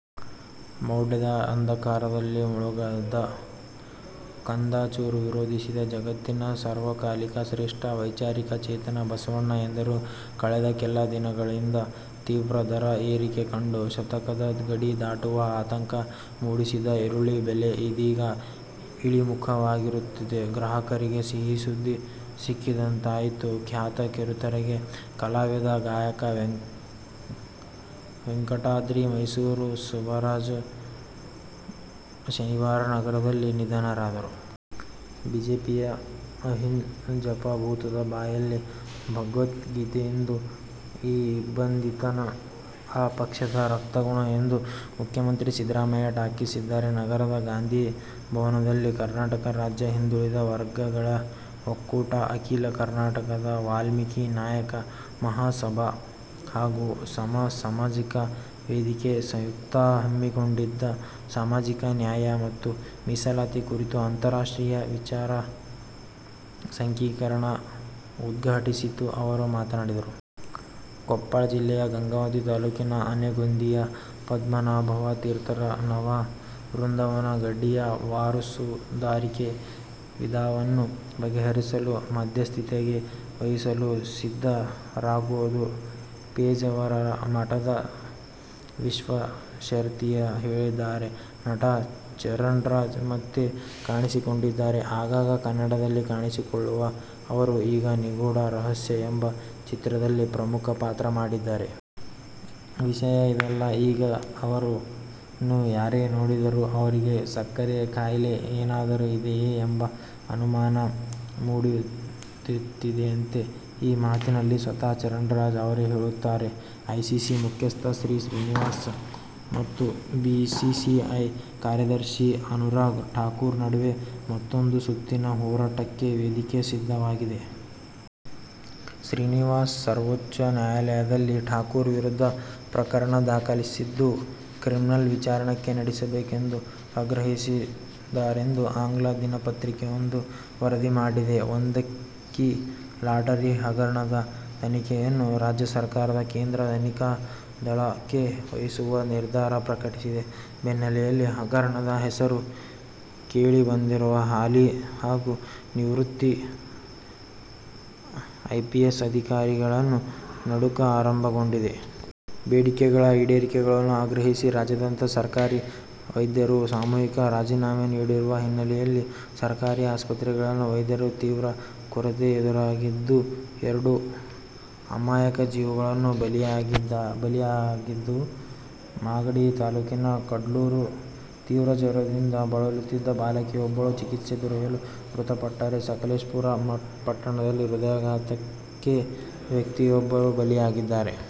ಮೌಡ್ಯದ ಅಂಧಕಾರದಲ್ಲಿ ಮುಳುಗದೆ ಕಂದಾಚಾರ ವಿರೋಧಿಸಿದ ಜಗತ್ತಿನ ಸರ್ವಕಾಲಿಕ ಶ್ರೇಷ್ಠ ವೈಚಾರಿಕ ಚೇತನ ಬಸವಣ್ಣ ಎಂದರು. ಕಳೆದ ಕೆಲ ದಿನಗಳಿಂದ ತೀವ್ರ ದರ ಏರಿಕೆ ಕಂಡು ಶತಕದ ಗಡಿ ದಾಟುವ ಆತಂಕ ಮೂಡಿಸಿದ್ದ ಈರುಳ್ಳಿ ಬೆಲೆ ಇದೀಗ ಇಳಿಮುಖವಾಗುತ್ತಿದ್ದು, ಗ್ರಾಹಕರಿಗೆ ಸಿಹಿ ಸುದ್ದಿ ಸಿಕ್ಕಿದಂತಾಗಿದೆ. ಖ್ಯಾತ ಕಿರುತೆರೆ ಕಲಾವಿದ, ಗಾಯಕ ವೆಂಕಟಾದ್ರಿ ಮೈಸೂರು ಸುಬ್ಬರಾವ್ ಶನಿವಾರ ನಗರದಲ್ಲಿ ನಿಧನರಾದರು. ಬಿಜೆಪಿಯ ಅಹಿಂದ ಜಪ ಭೂತದ ಬಾಯಲ್ಲಿ ಭಗವದ್ಗೀತೆಯಂತಿದ್ದು, ಈ ಇಬ್ಬಂದಿತನ ಆ ಪಕ್ಷದ ರಕ್ತಗುಣ ಎಂದು ಮುಖ್ಯಮಂತ್ರಿ ಸಿದ್ದರಾಮಯ್ಯ ಟೀಕಿಸಿದ್ದಾರೆ. ನಗರದ ಗಾಂಧಿ ಭವನದಲ್ಲಿ ಕರ್ನಾಟಕ ರಾಜ್ಯ ಹಿಂದುಳಿದ ವರ್ಗಗಳ ಒಕ್ಕೂಟ, ಅಖೀಲ ಕರ್ನಾಟಕ ವಾಲ್ಮೀಕಿ ನಾಯಕ ಮಹಾಸಭಾ ಹಾಗೂ ಸಮ ಸಮಾಜ ವೇದಿಕೆ ಸಂಯುಕ್ತವಾಗಿ ಹಮ್ಮಿಕೊಂಡಿದ್ದ "ಸಾಮಾಜಿಕ ನ್ಯಾಯ ಮತ್ತು ಮೀಸಲಾತಿ' ಕುರಿತ ರಾಷ್ಟ್ರೀಯ ವಿಚಾರ ಸಂಕಿರಣ ಉದ್ಘಾಟಿಸಿ ಅವರು ಮಾತನಾಡಿದರು. ಕೊಪ್ಪಳ ಜಿಲ್ಲೆಯ ಗಂಗಾವತಿ ತಾಲೂಕಿನ ಆನೆಗೊಂದಿಯ ಪದ್ಮನಾಭ ತೀರ್ಥರ ನವವೃಂದಾವನ ಗಡ್ಡಿಯ ವಾರಸುದಾರಿಕೆ ವಿವಾದವನ್ನು ಬಗೆಹರಿಸಲು ಮಧ್ಯಸ್ಥಿಕೆ ವಹಿಸಲು ಸಿದ್ಧವಿರುವುದಾಗಿ ಪೇಜಾವರ ಮಠದ ವಿಶ್ವೇಶತೀರ್ಥರು ಹೇಳಿದ್ದಾರೆ. ನಟ ಚರಣ್ರಾಜ್ ಮತ್ತೆ ಕಾಣಿಸಿಕೊಂಡಿದ್ದಾರೆ. ಆಗಾಗ ಕನ್ನಡದಲ್ಲಿ ಕಾಣಿಸಿಕೊಳ್ಳುವ ಅವರು, ಈಗ "ನಿಗೂಢ ರಹಸ್ಯ ಎಂಬ ಚಿತ್ರದಲ್ಲಿ ಪ್ರಮುಖ ಪಾತ್ರ ಮಾಡಿದ್ದಾರೆ. ವಿಷಯ ಇದಲ್ಲ, ಈಗ ಅವರನ್ನು ಯಾರೇ ನೋಡಿದರೂ, ಅವರಿಗೆ ಸಕ್ಕರೆ ಖಾಯಿಲೆ ಏನಾದರೂ ಇದೆಯಾ? ಎಂಬ ಅನುಮಾನ ಮೂಡುತ್ತಿದೆಯಂತೆ. ಈ ಮಾತನ್ನು ಸ್ವತಃ ಚರಣ್ರಾಜ್ ಅವರೇ ಹೇಳುತ್ತಾರೆ. ಐಸಿಸಿ ಮುಖ್ಯಸ್ಥ ಶ್ರೀನಿವಾಸನ್ ಮತ್ತು ಬಿಸಿಸಿಐ ಕಾರ್ಯದರ್ಶಿ ಅನುರಾಗ್ ಠಾಕೂರ್ ನಡುವೆ ಮತ್ತೂಂದು ಸುತ್ತಿನ ಹೋರಾಟಕ್ಕೆ ವೇದಿಕೆ ಸಿದ್ಧವಾಗಿದೆ. ಶ್ರೀನಿವಾಸನ್ ಸರ್ವೋಚ್ಚ ನ್ಯಾಯಾಲಯದಲ್ಲಿ ಠಾಕೂರ್ ವಿರುದ್ಧ ಪ್ರಕರಣ ದಾಖಲಿಸಿದ್ದು, ಕ್ರಿಮಿನಲ್ ವಿಚಾರಣೆ ನಡೆಸಬೇಕೆಂದು ಆಗ್ರಹಿಸಿದ್ದಾರೆಂದು ಆಂಗ್ಲ ದಿನಪತ್ರಿಕೆಯೊಂದು ವರದಿ ಮಾಡಿದೆ. ಒಂದಂಕಿ ಲಾಟರಿ ಹಗರಣದ ತನಿಖೆಯನ್ನು ರಾಜ್ಯ ಸರ್ಕಾರವು ಕೇಂದ್ರ ತನಿಖಾ ದಳ ಕ್ಕೆ ವಹಿಸುವ ನಿರ್ಧಾರ ಪ್ರಕಟಿಸಿದ ಬೆನ್ನಲ್ಲೇ ಹಗರಣದಲ್ಲಿ ಹೆಸರು ಕೇಳಿ ಬಂದಿರುವ ಹಾಲಿ ಹಾಗೂ ನಿವೃತ್ತ ಐಪಿಎಸ್ ಅಧಿಕಾರಿಗಳಲ್ಲಿ ನಡುಕ ಆರಂಭಗೊಂಡಿದೆ. ಬೇಡಿಕೆಗಳ ಈಡೇರಿಕೆಗೆ ಆಗ್ರಹಿಸಿ ರಾಜ್ಯಾದ್ಯಂತ ಸರ್ಕಾರಿ ವೈದ್ಯರು ಸಾಮೂಹಿಕ ರಾಜೀನಾಮೆ ನೀಡಿರುವ ಹಿನ್ನೆಲೆಯಲ್ಲಿ ಸರ್ಕಾರಿ ಆಸ್ಪತ್ರೆಗಳಲ್ಲಿ ವೈದ್ಯರ ತೀವ್ರ ಕೊರತೆ ಎದುರಾಗಿದ್ದು, ಎರಡು ಅಮಾಯಕ ಜೀವಗಳು ಬಲಿಯಾಗಿವೆ. ಮಾಗಡಿ ತಾಲೂಕಿನ ಕುಡ್ಲೂರಿನಲ್ಲಿ ತೀವ್ರ ಜ್ವರದಿಂದ ಬಳಲುತ್ತಿದ್ದ ಬಾಲಕಿಯೊಬ್ಬಳು ಚಿಕಿತ್ಸೆ ದೊರೆಯದೆ ಮೃತಪಟ್ಟರೆ, ಸಕಲೇಶಪುರ ಪಟ್ಟಣದಲ್ಲಿ ಹೃದಯಾಘಾತಕ್ಕೆ ವ್ಯಕ್ತಿಯೊಬ್ಬರು ಬಲಿಯಾಗಿದ್ದಾರೆ.